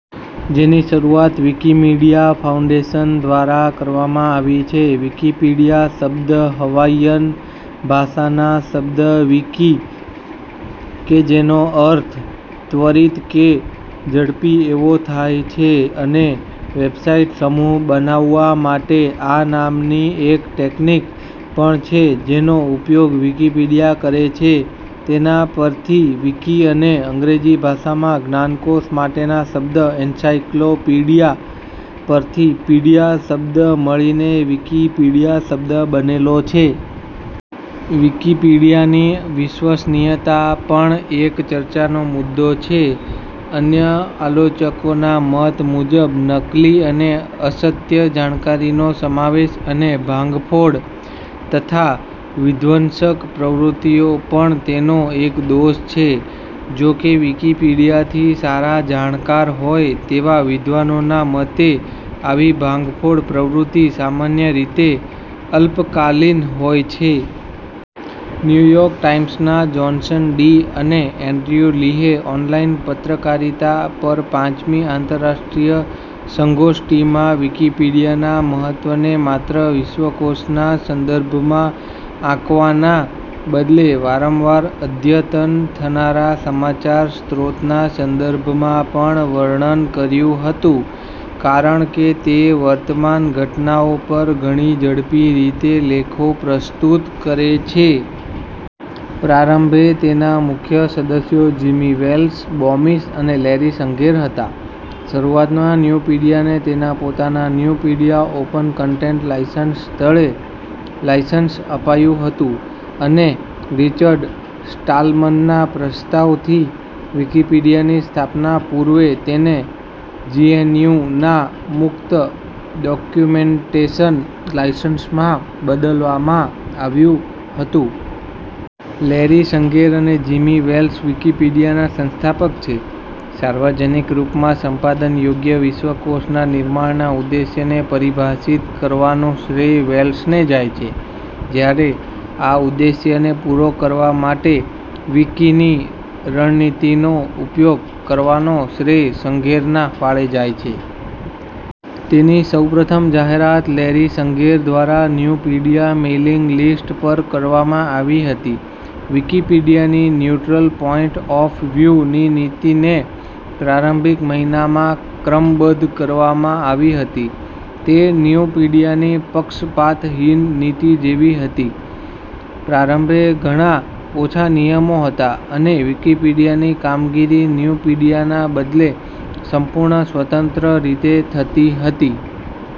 જેની શરૂઆત Wikimedia foundation દ્વારા કરવામાં આવી છે. વિકિપીડિયા શબ્દ હવાઇયન ભાષાના શબ્દ વિકિ -કે જેનો અર્થ ત્વરિત કે ઝડપી એવો થાય છે અને વેબસાઇટ સમૂહ બનાવવા માટે આ નામની એક ટેકનિક પણ છે-જેનો ઉપયોગ વિકિપીડિયા કરે છે તેના પરથી વિકિ અને અંગ્રેજી ભાષામાં જ્ઞાનકોશ માટેના શબ્દ એન્સાઇક્લોપીડિયા પરથી પીડિયા શબ્દ મળીને વિકિપીડિયા શબ્દ બનેલો છે. વિકિપીડિયાની વિશ્વસનીયતા પણ એક ચર્ચાનો મુદ્દો છે. અન્ય આલોચકોના મત મુજબ નકલી અને અસત્ય જાણકારીનો સમાવેશ અને ભાંગફોડ તથા વિધ્વંસક પ્રવૃત્તિઓ પણ તેનો એક દોષ છે. જો કે વિકિપીડિયાથી સારા જાણકાર હોય તેવા વિદ્વાનોના મતે આવી ભાંગફોડ પ્રવૃત્તિ સામાન્ય રીતે અલ્પકાલીન હોય છે. ન્યૂયોર્ક ટાઇમ્સના જોન્સન ડી અને એંડ્રયુ લીહે ઓનલાઈન પત્રકારિતા પર પાંચમી આંતરરાષ્ટ્રીય સંગોષ્ટિમાં વિકિપીડિયાના મહત્વને માત્ર વિશ્વકોશના સંદર્ભમાં આંકવાના બદલે વારંવાર અદ્યતન થનારા સમાચાર સ્ત્રોતના સંદર્ભમાં પણ વર્ણન કર્યું હતુ. કારણ કે તે વર્તમાન ઘટનાઓ પર ઘણી ઝડપી રીતે લેખો પ્રસ્તુત કરે છે. પ્રારંભે તેના મુખ્ય સદસ્યો જિમી વેલ્સ, બોમિસ અને લૈરી સંગેર હતા. શરૂઆતમાં ન્યૂપીડિયાને તેના પોતાના ન્યૂપીડિયા ઓપન કન્ટેન્ટ લાયસન્સ તળે લાયસન્સ અપાયુંં હતુંં અને રિચર્ડ સ્ટાલમનના પ્રસ્તાવથી વિકિપીડિયાની સ્થાપના પૂર્વે તેને GNUના મુક્ત ડૉક્યુમેન્ટેશન લાયસન્સમાં બદલવામાં આવ્યું હતું. લૈરી સંગેર અને જિમી વેલ્સ વિકિપીડિયાના સંસ્થાપક છે. સાર્વજનિક રૂપમાં સંપાદનયોગ્ય વિશ્વકોશના નિર્માણના ઉદ્દેશ્યને પરિભાષિત કરવાનું શ્રેય વેલ્સને જાય છે. જ્યારે આ ઉદ્દેશ્યને પૂરો કરવા માટે વિકિની રણનીતિનો ઉપયોગ કરવાનો શ્રેય સંગેરના ફાળે જાય છે. તેની સૌપ્રથમ જાહેરાત લૈરી સંગેર દ્વારા ન્યૂપીડિયા મેઇલિંગ લિસ્ટ પર કરવામાં આવી હતી. વિકિપીડિયાની "ન્યૂટ્રલ પોઇન્ટ ઑફ વ્યૂ" ની નીતિને પ્રારંભિક મહિનામાં ક્રમબદ્ધ કરવામાં આવી હતી, તે ન્યૂપીડિયાની પક્ષપાતહીન નીતિ જેવી હતી. પ્રારંભે ઘણા ઓછા નિયમો હતા અને વિકિપીડિયાની કામગીરી ન્યૂપીડિયાના બદલે સંપૂર્ણ સ્વતંત્ર રીતે થતી હતી.।